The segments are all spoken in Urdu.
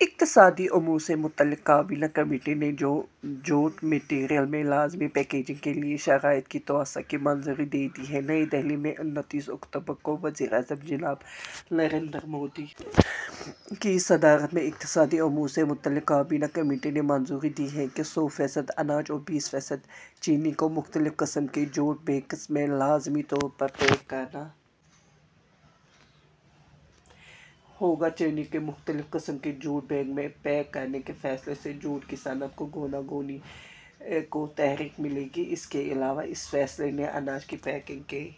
اقتصادی امور سے متعلق کابینہ کمیٹی نے جوٹ میٹیریل میں لازمی پیکیجنگ کے لیے شرائط کی توسیع کو منظوری دے دی ہے نئی دہلی میں انتیس اکتوبر کو وزیر اعظم جناب نریندر مودی کی صدارت میں اقتصادی امور سے متعلق کابینہ کمیٹی نے منظوری دی ہے کہ سو فیصد اناج اور بیس فیصد چینی کو مختلف قسم کے جوٹ بیگس میں لازمی طور پر پیک کرنا ہوگا چینی کو مختلف قسم کے جوٹ بیگ میں پیک کرنے کے فیصلے سے جوٹ کی صنعت کی گوناگونی کو تحریک ملے گی اس کے علاوہ اس فیصلے نے اناج کی پیکنگ کے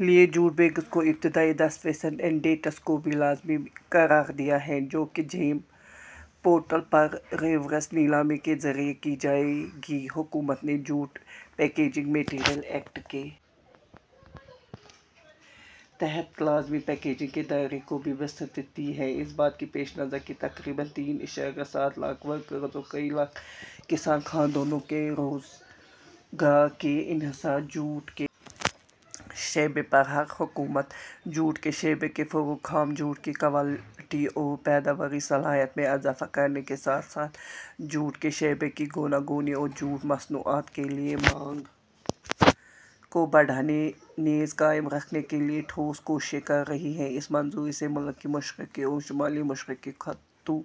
لیے جوٹ بیگس کی ابتدائی دس فیصد انڈیںٹس کو بھی لازمی قرار دیا ہے جو کہ جیم پورٹل پر ریورس نیلامی کے ذریعہ کی جائے گی حکومت نے جوٹ پیکیجنگ میٹیریل ایکٹ کے تحت لازمی پیکیجنگ کے دائرے کو بھی وسعت دی ہے اس بات کے پیش نظر کہ تقریباً تین اشاریہ سات لاکھ ورکرز اور کئی لاکھ کسان خاندانوں کے روزگار کا انحصار جوٹ کے شعبے پر ہے حکومت جوٹ کے شعبے کے فروغ خام جوٹ کی کوالٹی اور پیداواری صلاحیت میں اضافہ کرنے کے ساتھ ساتھ جوٹ کے شعبے کی گوناگونی اور جوٹ مصنوعات کے لیے مانگ کو بڑھانے نیز قائم رکھنے کے لیے ٹھوس کوششیں کر رہی ہے اس منظوری سے ملک کے مشرقی اور شمال مشرقی خطوں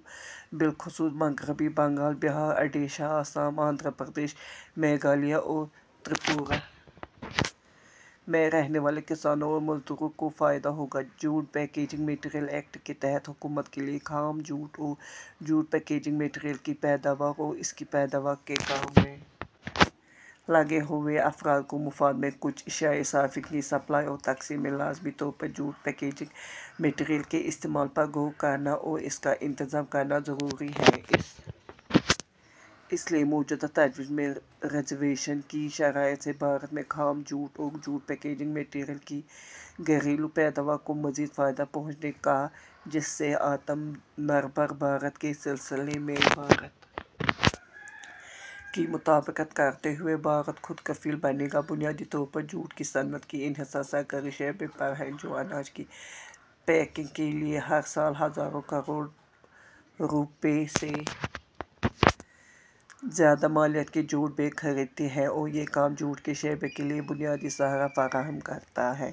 بالخصوص مغربی بنگال بہار اڈیشہ آسام آندھرا پردیش میگھالیہ اور تریپورہ میں رہنے والے کسانوں اور مزدوروں کو فائدہ ہوگا جوٹ پیکیجنگ میٹیریل ایکٹ کے تحت حکومت کے لیے خام جوٹ اور جوٹ پیکیجنگ میٹیریل کی پیداوار اور اس کی پیداوار کے کام میں لگے ہوئے افراد کے مفاد میں کچھ اشیائے صارفین کی سپلائی اور تقسیم میں لازمی طور پر جوٹ پیکیجنگ میٹیریل کے استعمال پر غور کرنا اور اس کا انتظام کرنا ضروری ہے اس لیے موجودہ تجویز میں ریزرویشن کی شرائط سے بھارت میں خام جوٹ اور جوٹ پیکیجنگ میٹیریل کی گھریلو پیداوار کو مزید فائدہ پہنچے گا جس سے آتم نربھر بھارت کے سلسلے میں بھارت کی مطابقت کرتے ہوئے بھارت خود کفیل بنے گا بنیادی طور پر جوٹ کی صنعت کا انحصار سرکاری شعبے پر ہے جو اناج کی پیکنگ کے لیے ہر سال ہزاروں کروڑ روپے سے زیادہ مالیت کے جوٹ بیگ خریدتی ہے اور یہ کام جوٹ کے شعبے کے لیے بنیادی سہارا فراہم کرتا ہے